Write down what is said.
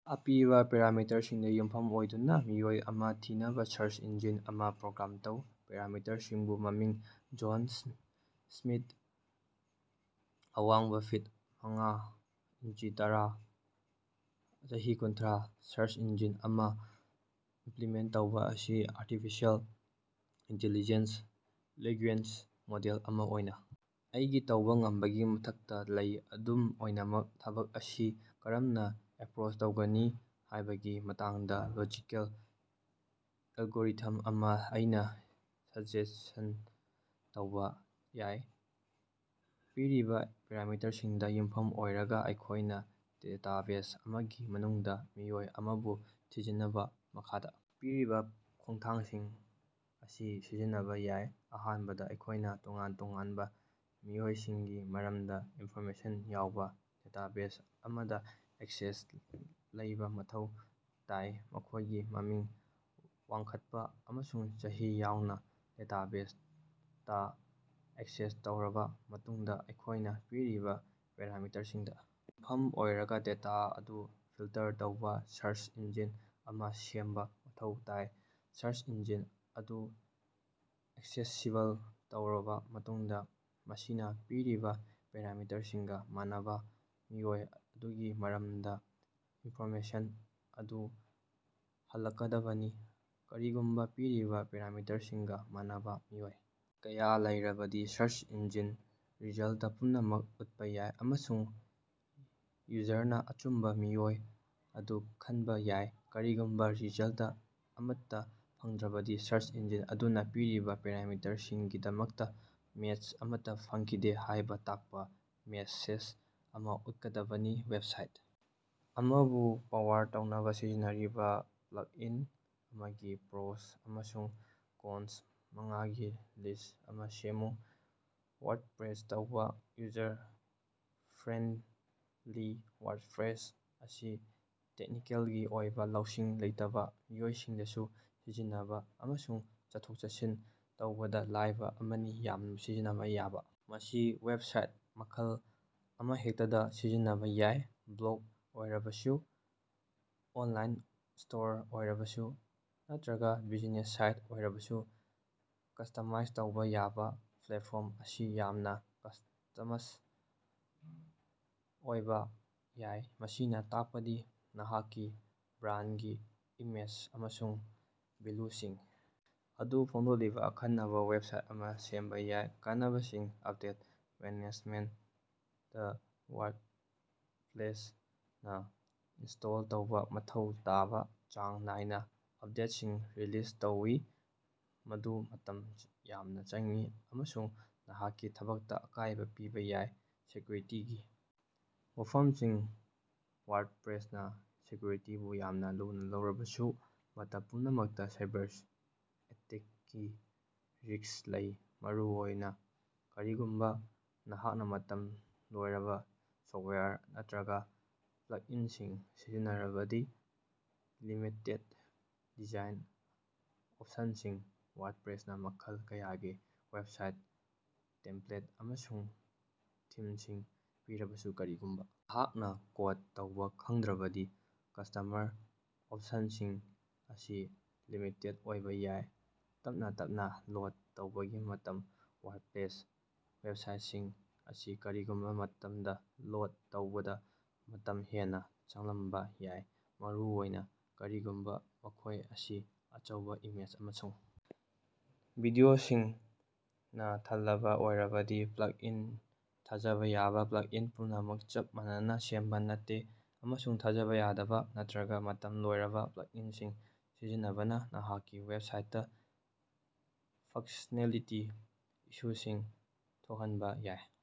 ꯑꯄꯤꯕ ꯄꯦꯔꯥꯃꯤꯇꯔꯁꯤꯡꯗ ꯌꯨꯝꯐꯝ ꯑꯣꯏꯗꯨꯅ ꯃꯤꯑꯣꯏ ꯑꯃ ꯊꯤꯅꯕꯥ ꯁꯔꯆ ꯏꯟꯖꯤꯟ ꯑꯃ ꯄ꯭ꯔꯣꯒ꯭ꯔꯥꯝ ꯇꯧ꯫ ꯄꯦꯔꯥꯃꯤꯇꯔꯁꯤꯡ - ꯃꯃꯤꯡ, ꯖꯣꯟ ꯁ꯭ꯃꯤꯊ, ꯑꯋꯥꯡꯕ-ꯐꯤꯠ ꯃꯉꯥ ꯏꯟꯆꯤ ꯇꯔꯥ, ꯆꯍꯤ-ꯀꯨꯟꯊ꯭ꯔꯥ꯫ ꯁꯔꯆ ꯏꯟꯖꯤꯟ ꯑꯃ ꯏꯝꯄ꯭ꯂꯤꯃꯦꯟꯇ ꯇꯧꯕ ꯑꯁꯤ ꯑꯥꯔꯇꯤꯐꯤꯁꯤꯑꯦꯜ ꯏꯟꯇꯤꯂꯤꯖꯦꯟꯁ ꯂꯦꯡꯒꯨꯌꯦꯖ ꯃꯣꯗꯦꯜ ꯑꯃ ꯑꯣꯏꯅ ꯑꯩꯒꯤ ꯇꯧꯕ ꯉꯝꯕꯒꯤ ꯃꯊꯛꯇ ꯂꯩ꯫ ꯑꯗꯨꯝ ꯑꯣꯏꯅꯃꯛ, ꯊꯕꯛ ꯑꯁꯤ ꯀꯔꯝꯅ ꯑꯦꯞꯔꯣꯆ ꯇꯧꯒꯅꯤ ꯍꯥꯏꯕꯒꯤ ꯃꯇꯥꯡꯗ ꯂꯣꯖꯤꯀꯦꯜ ꯑꯦꯜꯒꯣꯔꯤꯊꯝ ꯑꯃ ꯑꯩꯅ ꯁꯖꯦꯁ꯭ꯠ ꯇꯧꯕ ꯌꯥꯏ꯫ ꯄꯤꯔꯤꯕ ꯄꯦꯔꯥꯃꯤꯇꯔꯁꯤꯡꯗ ꯌꯨꯝꯐꯝ ꯑꯣꯏꯔꯒ, ꯑꯩꯈꯣꯏꯅ ꯗꯦꯇꯥꯕꯦꯖ ꯑꯃꯒꯤ ꯃꯅꯨꯡꯗ ꯃꯤꯑꯣꯏ ꯑꯃꯕꯨ ꯊꯤꯖꯤꯟꯅꯕ ꯃꯈꯥꯗ ꯄꯤꯔꯤꯕ ꯈꯣꯡꯊꯥꯡꯁꯤꯡ ꯑꯁꯤ ꯁꯤꯖꯤꯟꯅꯕ ꯌꯥꯏ꯫ ꯑꯍꯥꯟꯕꯗ, ꯑꯩꯈꯣꯏꯅ ꯇꯣꯉꯥꯟ ꯇꯣꯉꯥꯟꯕ ꯃꯤꯑꯣꯏꯁꯤꯡꯒꯤ ꯃꯔꯝꯗ ꯏꯟꯐꯣꯔꯃꯦꯁꯟ ꯌꯥꯎꯕ ꯗꯦꯇꯥꯕꯦꯖ ꯑꯃꯗ ꯑꯦꯛꯁꯦꯁ ꯂꯩꯕ ꯃꯊꯧ ꯇꯥꯏ, ꯃꯈꯣꯏꯒꯤ ꯃꯃꯤꯡ, ꯋꯥꯡꯈꯠꯄ ꯑꯃꯁꯨꯡ ꯆꯍꯤ ꯌꯥꯎꯅ꯫ ꯗꯦꯇꯥꯕꯦꯖ ꯇꯥ ꯑꯦꯛꯁꯦꯁ ꯇꯧꯔꯕꯥ ꯃꯇꯨꯡꯗ ꯑꯩꯈꯣꯏꯅ ꯄꯤꯔꯤꯕ ꯄꯦꯔꯥꯃꯤꯇꯔꯁꯤꯡꯗ ꯌꯨꯝꯐꯝ ꯑꯣꯏꯔꯒ ꯗꯦꯇꯥ ꯑꯗꯨ ꯐꯤꯜꯇꯔ ꯇꯧꯕ ꯁꯥꯔꯆ ꯏꯟꯖꯤꯟ ꯑꯃ ꯁꯦꯝꯕ ꯃꯊꯧ ꯇꯥꯏ꯫ ꯁꯥꯔꯆ ꯏꯟꯖꯤꯟ ꯑꯗꯨ ꯑꯦꯛꯁꯦꯁꯤꯕꯜ ꯇꯧꯔꯕ ꯃꯇꯨꯡꯗ, ꯃꯁꯤꯅ ꯄꯤꯔꯤꯕ ꯄꯦꯔꯥꯃꯤꯇꯔꯁꯤꯡꯒ ꯃꯥꯟꯅꯕꯥ ꯃꯤꯑꯣꯏ ꯑꯗꯨꯒꯤ ꯃꯔꯝꯗ ꯏꯟꯐꯣꯔꯃꯦꯁꯟ ꯑꯗꯨ ꯍꯜꯂꯛꯀꯗꯕꯅꯤ꯫ ꯀꯔꯤꯒꯨꯝꯕ ꯄꯤꯔꯤꯕ ꯄꯦꯔꯥꯃꯤꯇꯔꯁꯤꯡꯒ ꯃꯥꯟꯅꯕꯥ ꯃꯤꯑꯣꯏ ꯀꯌꯥ ꯂꯩꯔꯕꯗꯤ, ꯁꯔꯆ ꯏꯟꯖꯤꯟꯅ ꯔꯤꯖꯜꯇ ꯄꯨꯝꯅꯃꯛ ꯎꯠꯄ ꯌꯥꯏ ꯑꯃꯁꯨꯡ ꯌꯨꯖꯔꯅ ꯑꯆꯨꯝꯕ ꯃꯤꯑꯣꯏ ꯑꯗꯨ ꯈꯟꯕ ꯌꯥꯏ꯫ ꯀꯔꯤꯒꯨꯝꯕ ꯔꯤꯖꯜꯇ ꯑꯃꯠꯇ ꯐꯪꯗ꯭ꯔꯕꯗꯤ, ꯁꯔꯆ ꯏꯟꯖꯤꯟ ꯑꯗꯨꯅ ꯄꯤꯔꯤꯕ ꯄꯦꯔꯥꯃꯤꯇꯔꯁꯤꯡꯒꯤꯗꯃꯛꯇ ꯃꯦꯆ ꯑꯃꯠꯇ ꯐꯪꯈꯤꯗꯦ ꯍꯥꯏꯕ ꯇꯥꯛꯄ ꯃꯦꯁꯦꯖ ꯑꯃ ꯎꯠꯀꯗꯕꯅꯤ꯫ ꯋꯦꯕꯁꯥꯏꯠ ꯑꯃꯕꯨ ꯄꯥꯋꯔ ꯇꯧꯅꯕꯥ ꯁꯤꯖꯤꯟꯅꯔꯤꯕ ꯄ꯭ꯂꯛꯏꯟ ꯑꯃꯒꯤ ꯄ꯭ꯔꯣꯁ ꯑꯃꯁꯨꯡ ꯀꯣꯟꯁ ꯃꯉꯥꯒꯤ ꯂꯤꯁ꯭ꯠ ꯑꯃ ꯁꯦꯝꯃꯨ꯫ ꯋꯥꯔꯗꯄ꯭ꯔꯦꯁ ꯇꯧꯕ꯫ ꯌꯨꯖꯔ ꯐ꯭ꯔꯦꯟꯗꯂꯤ- ꯋꯥꯔꯗꯄ꯭ꯂꯦꯁ ꯑꯁꯤ ꯇꯦꯛꯅꯤꯀꯦꯜꯒꯤ ꯑꯣꯏꯕ ꯂꯧꯁꯤꯡ ꯂꯩꯇꯕ ꯃꯤꯑꯣꯏꯁꯤꯡꯗꯁꯨ ꯁꯤꯖꯤꯟꯅꯕ ꯑꯃꯁꯨꯡ ꯆꯠꯊꯣꯛ-ꯆꯠꯁꯤꯟ ꯇꯧꯕꯗ ꯂꯥꯏꯕꯥ ꯑꯃꯅꯤ꯫ ꯌꯥꯝꯅ ꯁꯤꯖꯤꯟꯅꯕꯥ ꯌꯥꯕ - ꯃꯁꯤ ꯋꯦꯕꯁꯥꯏꯠ ꯃꯈꯜ ꯑꯃꯍꯦꯛꯇꯗꯥ ꯁꯤꯖꯤꯟꯅꯕꯥ ꯌꯥꯏ, ꯕ꯭ꯂꯣꯒ ꯑꯣꯏꯔꯕꯁꯨ, ꯑꯣꯟꯂꯥꯏꯟ ꯁ꯭ꯇꯣꯔ ꯑꯣꯏꯔꯕꯁꯨ, ꯅꯠꯇꯔꯒ ꯕꯤꯖꯤꯅꯦꯁ ꯁꯥꯏꯠ ꯑꯣꯏꯔꯕꯁꯨ꯫ ꯀꯁ꯭ꯇꯃꯥꯏꯖ ꯇꯧꯕ ꯌꯥꯕ - ꯄ꯭ꯂꯦꯠꯐꯣꯔꯝ ꯑꯁꯤ ꯌꯥꯝꯅ ꯀꯁ꯭ꯇꯃꯁ ꯑꯣꯏꯕ ꯌꯥꯏ, ꯃꯁꯤꯅ ꯇꯥꯛꯄꯗꯤ ꯅꯍꯥꯛꯀꯤ ꯕ꯭ꯔꯥꯟꯗꯒꯤ ꯏꯃꯦꯖ ꯑꯃꯁꯨꯡ ꯚꯦꯂ꯭ꯌꯨꯁꯤꯡ ꯑꯗꯨ ꯐꯣꯡꯗꯣꯛꯂꯤꯕ ꯑꯈꯟꯅꯕꯥ ꯋꯦꯕꯁꯥꯏꯠ ꯑꯃ ꯁꯦꯝꯕ ꯌꯥꯏ꯫ ꯀꯥꯟꯅꯕꯁꯤꯡ - ꯑꯞꯗꯦꯠ ꯃꯦꯅꯦꯖꯃꯦꯟꯇ - ꯋꯥꯔꯗꯄ꯭ꯂꯦꯁꯅꯥ ꯏꯟꯁ꯭ꯇꯣꯜ ꯇꯧꯕ ꯃꯊꯧ ꯇꯥꯕ ꯆꯥꯡ ꯅꯥꯏꯅ ꯑꯞꯗꯦꯠꯁꯤꯡ ꯔꯤꯂꯤꯖ ꯇꯧꯏ, ꯃꯗꯨ ꯃꯇꯝ ꯌꯥꯝꯅ ꯆꯪꯏ ꯑꯃꯁꯨꯡ ꯅꯍꯥꯛꯀꯤ ꯊꯕꯛꯇ ꯑꯀꯥꯏꯕ ꯄꯤꯕ ꯌꯥꯏ꯫ ꯁꯦꯀ꯭ꯌꯨꯔꯤꯇꯤꯒꯤ ꯋꯥꯐꯝꯁꯤꯡ -ꯋꯥꯔꯗꯄ꯭ꯔꯦꯁꯅꯥ ꯁꯦꯀ꯭ꯌꯨꯔꯤꯇꯤꯕꯨ ꯌꯥꯝꯅ ꯂꯨꯅ ꯂꯧꯔꯕꯁꯨ, ꯃꯇꯝ ꯄꯨꯝꯅꯃꯛꯇ ꯁꯥꯏꯕꯔ-ꯑꯦꯇꯦꯛꯀꯤ ꯔꯤꯁ꯭ꯛ ꯂꯩ, ꯃꯔꯨꯑꯣꯏꯅ ꯀꯔꯤꯒꯨꯝꯕ ꯅꯍꯥꯛꯅ ꯃꯇꯝ ꯂꯣꯏꯔꯕꯥ ꯁꯣꯐꯇꯋꯥꯌꯔ ꯅꯠꯇꯔꯒ ꯄ꯭ꯂꯛꯏꯟꯁꯤꯡ ꯁꯤꯖꯤꯟꯅꯔꯕꯗꯤ꯫ ꯂꯤꯃꯤꯇꯦꯗ ꯗꯤꯖꯥꯏꯟ ꯑꯣꯞꯁꯟꯁꯤꯡ - ꯋꯥꯔꯗꯄ꯭ꯔꯦꯁꯅꯥ ꯃꯈꯜ ꯀꯌꯥꯒꯤ ꯋꯦꯕꯁꯥꯏꯠ ꯇꯦꯝꯄ꯭ꯂꯦꯠ ꯑꯃꯁꯨꯡ ꯊꯤꯝꯁꯤꯡ ꯄꯤꯔꯕꯁꯨ, ꯀꯔꯤꯒꯨꯝꯕ ꯅꯍꯥꯛꯅ ꯀꯣꯗ ꯇꯧꯕ ꯈꯪꯗ꯭ꯔꯕꯗꯤ ꯀꯁ꯭ꯇꯃꯔ ꯑꯣꯞꯁꯟꯁꯤꯡ ꯑꯁꯤ ꯂꯤꯃꯤꯇꯦꯗ ꯑꯣꯏꯕ ꯌꯥꯏ꯫ ꯇꯞꯅꯥ ꯇꯞꯅꯥ ꯂꯣꯗ ꯇꯧꯕꯒꯤ ꯃꯇꯝ -ꯋꯥꯔꯗꯄ꯭ꯂꯦꯁ ꯋꯦꯕꯁꯥꯏꯇꯁꯤꯡ ꯑꯁꯤ ꯀꯔꯤꯒꯨꯝꯕ ꯃꯇꯝꯗ ꯂꯣꯗ ꯇꯧꯕꯗꯥ ꯃꯇꯝ ꯍꯦꯟꯅ ꯆꯪꯂꯝꯕ ꯌꯥꯏ, ꯃꯔꯨꯑꯣꯏꯅ ꯀꯔꯤꯒꯨꯝꯕ ꯃꯈꯣꯏ ꯑꯁꯤ ꯑꯆꯧꯕ ꯏꯃꯦꯖ ꯑꯃꯁꯨꯡ ꯚꯤꯗꯤꯑꯣꯁꯤꯡꯅ ꯊꯜꯂꯕ ꯑꯣꯏꯔꯕꯗꯤ꯫ ꯄ꯭ꯂꯛꯏꯟ ꯊꯥꯖꯕ ꯌꯥꯕ - ꯄ꯭ꯂꯛꯏꯟ ꯄꯨꯝꯅꯃꯛ ꯆꯞ ꯃꯥꯟꯅꯅꯥ ꯁꯦꯝꯕ ꯅꯠꯇꯦ, ꯑꯃꯁꯨꯡ ꯊꯥꯖꯕ ꯌꯥꯗꯕ ꯅꯠꯇꯔꯒ ꯃꯇꯝ ꯂꯣꯏꯔꯕ ꯄ꯭ꯂꯛꯏꯟꯁꯤꯡ ꯁꯤꯖꯤꯟꯅꯕꯅꯥ ꯅꯍꯥꯛꯀꯤ ꯋꯦꯕꯁꯥꯏꯇꯇꯥ ꯐꯪꯛꯁꯅꯦꯂꯤꯇꯤꯒꯤ ꯏꯁꯨꯁꯤꯡ ꯊꯣꯛꯍꯟꯕ ꯌꯥꯏ꯫